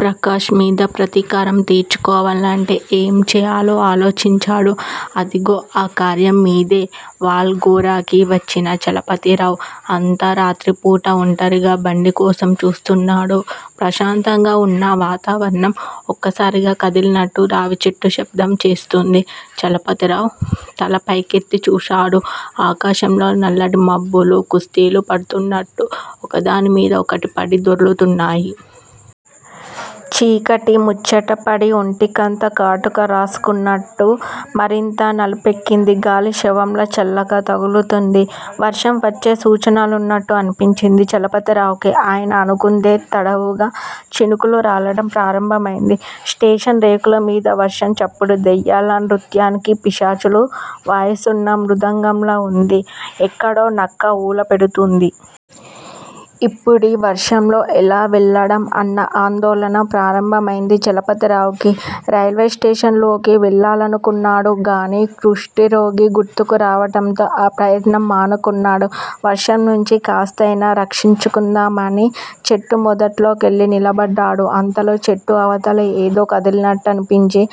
ప్రకాష్ మీద ప్రతీకారం తీర్చుకోవాలంటే ఏం చేయాలో ఆలోచించాడు. అదిగో ఆ కార్యంమీదే వాల్ ఘెరాకి వచ్చిన చలపతిరావు అంత రాత్రిపూట ఒంటరిగా బండికోసం చూస్తున్నాడు. ప్రశాంతంగా వున్న వాతావరణం ఒక్కసారిగా కదిలినట్టు రావిచెట్టు శబ్దం చేస్తోంది. చలపతిరావు తల పైకెత్తి చూశాడు. ఆకాశంలో నల్లటి మబ్బులు కుస్తీలు పడుతున్నట్టు ఒకదానిమీద ఒకటిపడి దొర్లుతున్నాయి. చీకటి ముచ్చటపడి ఒంటికంతా కాటుక రాసుకున్నట్టు మరింత నలుపెక్కింది. గాలి శవంలా చల్లగా తగులుతోంది. వర్షం వచ్చే సూచనలున్నట్టు అనిపించింది చలపతిరావుకి. ఆయన అనుకుందే తడవుగా చినుకులు రాలడం ప్రారంభమైంది. స్టేషన్ రేకులమీద వర్షం చప్పుడు దెయ్యాల నృత్యానికి పిశాచాలు వాయిస్తున్న మృదంగంలా వుంది. ఎక్కడో నక్క ఊళ పెడుతోంది. ఇప్పుడీ వర్షంలో ఎలా వెళ్లడం అన్న ఆందోళన ప్రారంభమైంది చలపతిరావుకి. రైల్వేస్టేషన్ లోకి వెళ్ళాలనుకున్నాడుగానీ కుష్టురోగి గుర్తుకు రావడంతో ఆ ప్రయత్నం మానుకున్నాడు. వర్షం నుంచి కాస్తయినా రక్షించుకుందామని చెట్టు మొదట్లో కెళ్ళి నిలబడ్డాడు. అంతలో చెట్టు అవతల ఏదో కదిలినట్టనిపించి,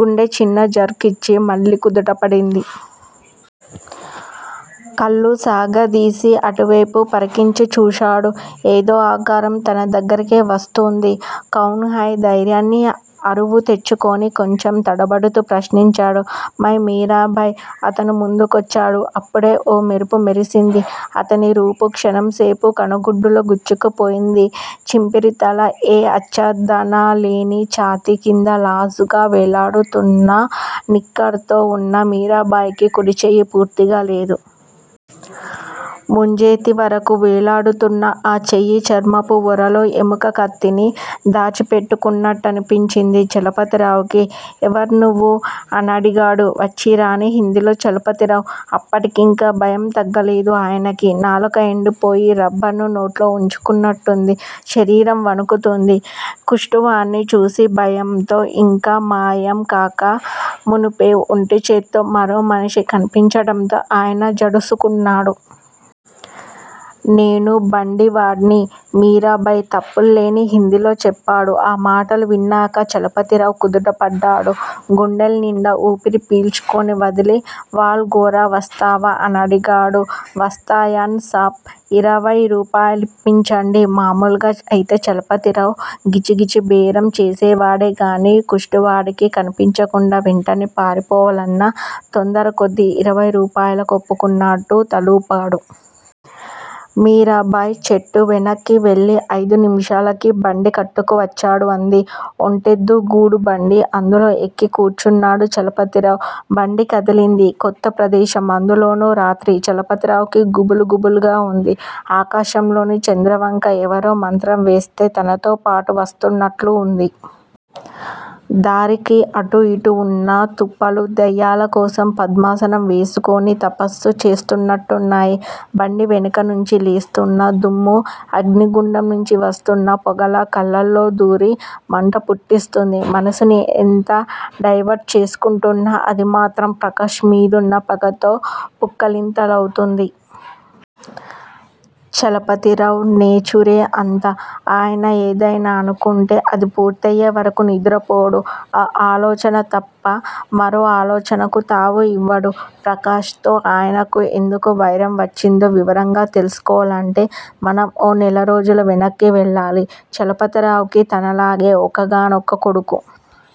గుండె చిన్న జర్క్ ఇచ్చి మళ్ళీ కుదుటపడింది. కళ్ళు సాగదీసి అటువేపు పరికించి చూశాడు. ఏదో ఆకారం తన దగ్గరకే వస్తోంది. కౌన్ హై? ధైర్యాన్ని అరువు తెచ్చుకొని కొంచెం తడబడుతూ ప్రశ్నించాడు. మై- మీరాభాయ్ అతను ముందుకొచ్చాడు. అప్పుడే ఓ మెరుపు మెరిసింది. అతని రూపు క్షణంసేపు కనుగుడ్డులో గుచ్చుకుపోయింది. చింపిరితల, ఏ ఆచ్చాదనాలేని ఛాతీ, కింద లాజుగా వేలాడుతున్న నిక్కర్ తో వున్న మీరాభాయ్ కి కుడిచెయ్యి పూర్తిగా లేదు. ముంజేతి వరకు వేలాడుతున్న ఆ చెయ్యి చర్మపు ఒరలో ఎముక కత్తిని దాచిపెట్టుకున్నట్టనిపించింది చలపతిరావుకి. ఎవర్నువ్వు? అనడిగాడు వచ్చీ రాణి హిందీలో చలపతిరావు. అప్పటికింకా భయం తగ్గలేదు ఆయనకి. నాలుక ఎండిపోయి రబ్బర్ ను నోట్లో వుంచుకున్నట్టుంది. శరీరం వణుకుతోంది. కుష్టువాడ్ని చూసిన భయం ఇంకా మాయం కాక మునుపే ఒంటిచేత్తో మరో మనిషి కనిపించడంతో ఆయన జడుసుకున్నాడు. నేను బండివాడ్ని మీరాభాయ్ తప్పుల్లేని హిందీలో చెప్పాడు. ఆ మాటలు విన్నాక చలపతిరావు కుదుటపడ్డాడు. గుండెల్నిండా ఊపిరి పీల్చుకొని వదిలి- వాల్ ఘెరా వస్తావా? అనడిగాడు. వస్తాయన్ సాబ్- ఇరవయ్ రూపాయలిప్పించండి మామూలుగా అయితే చలపతిరావు గీచిగీచి బేరం చేసేవాడేగానీ కుష్టువాడికి కనిపించకుండా వెంటనే పారిపోవాలన్న తొందరకొద్దీ ఇరవై రూపాయలకు ఒప్పుకున్నట్టు తలూపాడు. మీరాభాయ్ చెట్టు వెనక్కి వెళ్ళి ఐదు నిమిషాలకి బండి కట్టుకు వచ్చాడు. అంది ఒంటెద్దు గూడుబండి. అందులో ఎక్కి కూర్చున్నాడు చలపతిరావు. బండి కదిలింది. కొత్త ప్రదేశం- అందులోనూ రాత్రి- చలపతిరావుకి గుబులు- గుబులుగా వుంది. ఆకాశంలోని చంద్రవంక ఎవరో మంత్రంవేస్తే తనతోపాటు వస్తున్నట్లు వుంది. దారికి అటూ ఇటూ వున్న తుప్పలు దెయ్యాల కోసం పద్మాసనం వేసుకొని తపస్సు చేస్తున్నట్టున్నాయి. బండి వెనుక నుంచి లేస్తున్న దుమ్ము అగ్నిగుండం నుంచి వస్తున్న పొగలా కళ్ళల్లో దూరి మంట పుట్టిస్తోంది. మనసుని ఎంత డైవర్ట్ చేసుకుంటున్నా అది మాత్రం ప్రకాష్ మీదున్న పగతో పుక్కళింతలవుతోంది. చలపతిరావు నేచురే అంత. ఆయన ఏదయినా అనుకుంటే అది పూర్తయ్యేవరకు నిద్రపోడు. ఆ ఆలోచన తప్ప మరో ఆలోచనకు తావు ఇవ్వడు. ప్రకాష్ తో ఆయనకి ఎందుకు వైరం వచ్చిందో వివరంగా తెలుసుకోవాలంటే మనం ఓ నెలరోజులు వెనక్కి వెళ్ళాలి. చలపతిరావుకి తనలాగే ఒక్కగానొక్క కొడుకు.